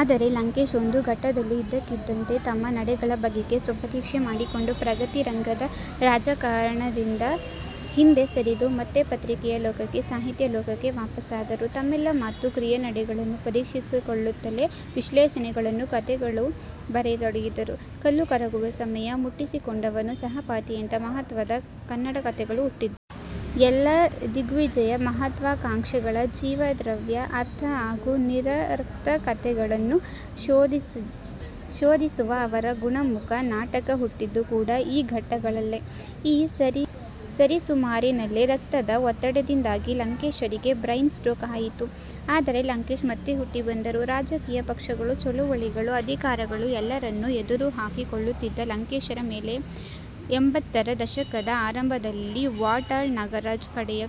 ಆದರೆ ಲಂಕೇಶ್ ಒಂದು ಘಟ್ಟದಲ್ಲಿ ಇದ್ದಕ್ಕಿದ್ದಂತೆ ತಮ್ಮ ನಡೆಗಳ ಬಗೆಗೆ ಸ್ವಪರೀಕ್ಷೆ ಮಾಡಿಕೊಂಡು, 'ಪ್ರಗತಿರಂಗ'ದ ರಾಜಕಾರಣದಿಂದ ಹಿಂದೆ ಸರಿದು ಮತ್ತೆ ಪತ್ರಿಕೆಯ ಲೋಕಕ್ಕೆ ಸಾಹಿತ್ಯ ಲೋಕಕ್ಕೆ ವಾಪಸಾದರು. ತಮ್ಮೆಲ್ಲ ಮಾತು, ಕ್ರಿಯೆ, ನಡೆಗಳನ್ನೂ ಪರೀಕ್ಷಿಸಿಕೊಳ್ಳುತ್ತಲೇ ವಿಶ್ಲೇಷಣೆಗಳನ್ನು, ಕತೆಗಳನ್ನು ಬರೆಯತೊಡಗಿದರು. 'ಕಲ್ಲು ಕರಗುವ ಸಮಯ', 'ಮುಟ್ಟಿಸಿಕೊಂಡವನು', 'ಸಹಪಾಠಿ'ಯಂಥ ಮಹತ್ವದ ಕನ್ನಡ ಕತೆಗಳು ಹುಟ್ಟಿದ್ದು ಆಗ. ಎಲ್ಲ ದಿಗ್ವಿಜಯ, ಮಹತ್ವಾಕಾಂಕ್ಷೆಗಳ ಜೀವದ್ರವ್ಯ, ಅರ್ಥ ಹಾಗೂ ನಿರರ್ಥಕತೆಗಳನ್ನು ಶೋಧಿಸುವ ಅವರ 'ಗುಣಮುಖ' ನಾಟಕ ಹುಟ್ಟಿದ್ದು ಕೂಡ ಈ ಘಟ್ಟಗಳಲ್ಲೇ. ಈ ಸರಿಸುಮಾರಿನಲ್ಲೇ ರಕ್ತದ ಒತ್ತಡದಿಂದಾಗಿ ಲಂಕೇಶರಿಗೆ ಬ್ರೈನ್ ಸ್ಟ್ರೋಕ್ ಆಯಿತು. ಆದರೆ ಲಂಕೇಶ್ ಮತ್ತೆ ಹುಟ್ಟಿ ಬಂದರು. ರಾಜಕೀಯ ಪಕ್ಷಗಳು, ಚಳವಳಿಗಳು, ಅಧಿಕಾರಿಗಳು ಎಲ್ಲರನ್ನೂ ಎದುರು ಹಾಕಿಕೊಳ್ಳುತ್ತಿದ್ದ ಲಂಕೇಶರ ಮೇಲೆ ಎಂಬತ್ತರ ದಶಕದ ಆರಂಭದಲ್ಲಿ ವಾಟಾಳ್ ನಾಗರಾಜ್ ಕಡೆಯ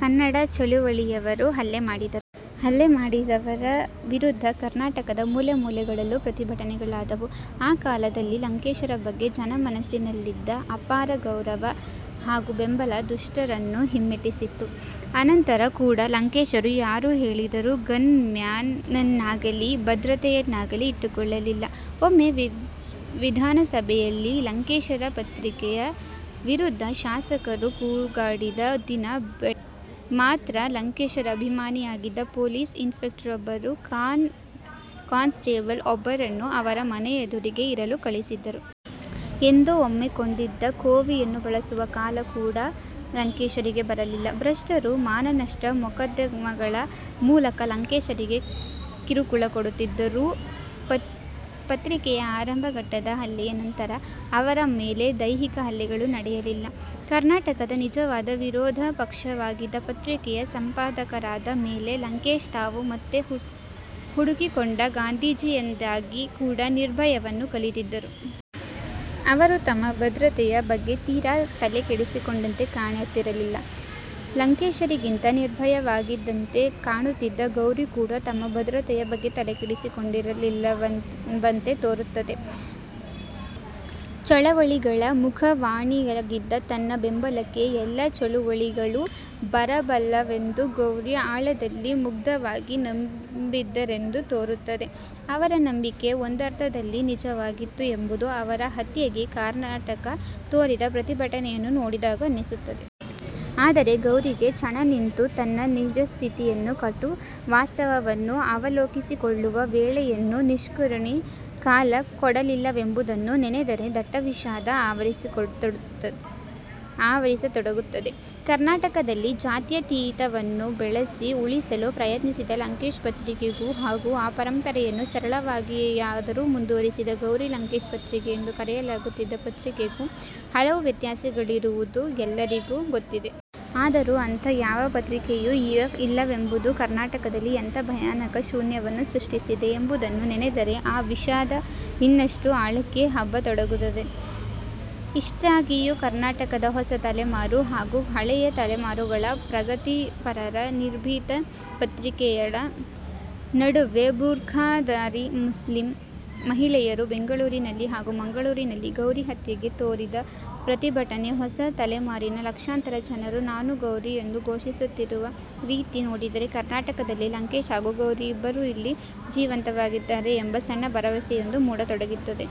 ಕನ್ನಡ ಚಳವಳಿಯವರು ಹಲ್ಲೆ ಮಾಡಿದ್ದರು. ಹಲ್ಲೆ ಮಾಡಿದವರ ವಿರುದ್ಧ ಕರ್ನಾಟಕದ ಮೂಲೆಮೂಲೆಗಳಲ್ಲೂ ಪ್ರತಿಭಟನೆಗಳಾದವು. ಆ ಕಾಲದಲ್ಲಿ ಲಂಕೇಶರ ಬಗ್ಗೆ ಜನಮಾನಸದಲ್ಲಿದ್ದ ಅಪಾರ ಗೌರವ ಹಾಗೂ ಬೆಂಬಲ ದುಷ್ಟರನ್ನು ಹಿಮ್ಮೆಟ್ಟಿಸಿತ್ತು. ಆನಂತರ ಕೂಡ ಲಂಕೇಶರು ಯಾರು ಹೇಳಿದರೂ ಗನ್ ಮ್ಯಾನ್ ನನ್ನಾಗಲೀ ಭದ್ರತೆಯನ್ನಾಗಲೀ ಇಟ್ಟುಕೊಳ್ಳಲಿಲ್ಲ. ಒಮ್ಮೆ ವಿಧಾನಸಭೆಯಲ್ಲಿ ಲಂಕೇಶರ ಪತ್ರಿಕೆಯ ವಿರುದ್ಧ ಶಾಸಕರು ಕೂಗಾಡಿದ ದಿನ ಬೆಳಗ್ಗೆ ಮಾತ್ರ ಲಂಕೇಶರ ಅಭಿಮಾನಿಯಾಗಿದ್ದ ಪೊಲೀಸ್ ಇನ್ ಸ್ಪೆಕ್ಟರೊಬ್ಬರು ಕಾನ್ ಸ್ಟೇಬಲ್ ಒಬ್ಬರನ್ನು ಅವರ ಮನೆಯೆದುರಿಗೆ ಇರಲು ಕಳಿಸಿದ್ದರು. ಎಂದೋ ಒಮ್ಮೆ ಕೊಂಡಿದ್ದ ಕೋವಿಯನ್ನು ಬಳಸುವ ಕಾಲ ಕೂಡ ಲಂಕೇಶರಿಗೆ ಬರಲಿಲ್ಲ. ಭ್ರಷ್ಟರು ಮಾನನಷ್ಟ ಮೊಕದ್ದಮೆಗಳ ಮೂಲಕ ಲಂಕೇಶರಿಗೆ ಕಿರುಕುಳ ಕೊಡುತ್ತಿದ್ದರೂ, ಪತ್ರಿಕೆಯ ಆರಂಭ ಘಟ್ಟದ ಹಲ್ಲೆಯ ನಂತರ ಅವರ ಮೇಲೆ ದೈಹಿಕ ಹಲ್ಲೆಗಳು ನಡೆಯಲಿಲ್ಲ. ಕರ್ನಾಟಕದ ನಿಜವಾದ ವಿರೋಧ ಪಕ್ಷವಾಗಿದ್ದ ಪತ್ರಿಕೆಯ ಸಂಪಾದಕರಾದ ಮೇಲೆ ಲಂಕೇಶ್ ತಾವು ಮತ್ತೆ ಹುಡುಕಿಕೊಂಡ ಗಾಂಧೀಜಿಯಿಂದಾಗಿ ಕೂಡ ನಿರ್ಭಯವನ್ನು ಕಲಿತಿದ್ದರು. ಅವರು ತಮ್ಮ ಭದ್ರತೆಯ ಬಗ್ಗೆ ತೀರಾ ತಲೆ ಕೆಡಿಸಿಕೊಂಡಂತೆ ಕಾಣುತ್ತಿರಲಿಲ್ಲ. ಲಂಕೇಶರಿಗಿಂತ ನಿರ್ಭಯವಾಗಿದ್ದಂತೆ ಕಾಣುತ್ತಿದ್ದ ಗೌರಿ ಕೂಡ ತಮ್ಮ ಭದ್ರತೆಯ ಬಗ್ಗೆ ತಲೆಕೆಡಿಸಿಕೊಂಡಿರಲಿಲ್ಲವೆಂಬಂತೆ ತೋರುತ್ತದೆ. ಚಳವಳಿಗಳ ಮುಖವಾಣಿಯಾಗಿದ್ದ ತನ್ನ ಬೆಂಬಲಕ್ಕೆ ಎಲ್ಲ ಚಳವಳಿಗಳೂ ಬರಬಲ್ಲವೆಂದು ಗೌರಿ ಆಳದಲ್ಲಿ ಮುಗ್ಧವಾಗಿ ನಂಬಿದ್ದರೆಂದು ತೋರುತ್ತದೆ. ಅವರ ನಂಬಿಕೆ ಒಂದರ್ಥದಲ್ಲಿ ನಿಜವಾಗಿತ್ತು ಎಂಬುದು ಅವರ ಹತ್ಯೆಗೆ ಕರ್ನಾಟಕ ತೋರಿದ ಪ್ರತಿಭಟನೆಯನ್ನು ನೋಡಿದಾಗ ಅನ್ನಿಸುತ್ತದೆ. ಆದರೆ ಗೌರಿಗೆ ಚಣ ನಿಂತು ತನ್ನ ನಿಜಸ್ಥಿತಿಯನ್ನು, ಕಟು ವಾಸ್ತವವನ್ನು ಅವಲೋಕಿಸಿಕೊಳ್ಳುವ ವೇಳೆಯನ್ನೂ ನಿಷ್ಕರುಣಿ ಕಾಲ ಕೊಡಲಿಲ್ಲವೆಂಬುದನ್ನು ನೆನೆದರೆ ದಟ್ಟ ವಿಷಾದ ಆವರಿಸತೊಡಗುತ್ತದೆ. ಕರ್ನಾಟಕದಲ್ಲಿ ಜಾತ್ಯತೀತವನ್ನು ಬೆಳೆಸಿ, ಉಳಿಸಲು ಪ್ರಯತ್ನಿಸಿದ 'ಲಂಕೇಶ್ ಪತ್ರಿಕೆ'ಗೂ ಹಾಗೂ ಆ ಪರಂಪರೆಯನ್ನು ಸರಳವಾಗಿಯಾದರೂ ಮುಂದುವರಿಸಿದ, 'ಗೌರಿ ಲಂಕೇಶ್ ಪತ್ರಿಕೆ' ಎಂದು ಕರೆಯಲಾಗುತ್ತಿದ್ದ ಪತ್ರಿಕೆಗೂ ಹಲವು ವ್ಯತ್ಯಾಸಗಳಿರುವುದು ಎಲ್ಲರಿಗೂ ಗೊತ್ತಿದೆ. ಆದರೂ ಅಂಥ ಯಾವ ಪತ್ರಿಕೆಯೂ ಈಗ ಇಲ್ಲವೆಂಬುದು ಕರ್ನಾಟಕದಲ್ಲಿ ಎಂಥ ಭಯಾನಕ ಶೂನ್ಯವನ್ನು ಸೃಷ್ಟಿಸಿದೆ ಎಂಬುದನ್ನು ನೆನೆದರೆ ಆ ವಿಷಾದ ಇನ್ನಷ್ಟು ಆಳಕ್ಕೆ ಹಬ್ಬತೊಡಗುತ್ತದೆ. ಇಷ್ಟಾಗಿಯೂ, ಕರ್ನಾಟಕದ ಹೊಸ ತಲೆಮಾರು ಹಾಗೂ ಹಳೆಯ ತಲೆಮಾರುಗಳ ಪ್ರಗತಿಪರರ ನಿರ್ಭೀತ ಪ್ರತಿಕ್ರಿಯೆಗಳ ನಡುವೆ ಬುರ್ಖಾಧಾರಿ ಮುಸ್ಲಿಂ ಮಹಿಳೆಯರು ಬೆಂಗಳೂರಿನಲ್ಲಿ ಹಾಗೂ ಮಂಗಳೂರಿನಲ್ಲಿ ಗೌರಿ ಹತ್ಯೆಗೆ ತೋರಿದ ಪ್ರತಿಭಟನೆ, ಹೊಸ ತಲೆಮಾರಿನ ಲಕ್ಷಾಂತರ ಜನ 'ನಾನು ಗೌರಿ' ಎಂದು ಘೋಷಿಸುತ್ತಿರುವ ರೀತಿ ನೋಡಿದರೆ ಕರ್ನಾಟಕದಲ್ಲಿ ಲಂಕೇಶ್ ಹಾಗೂ ಗೌರಿ ಇಬ್ಬರೂ ಇಲ್ಲಿ ಜೀವಂತವಾಗಿದ್ದಾರೆ ಎಂಬ ಸಣ್ಣ ಭರವಸೆಯೊಂದು ಮೂಡತೊಡಗುತ್ತದೆ.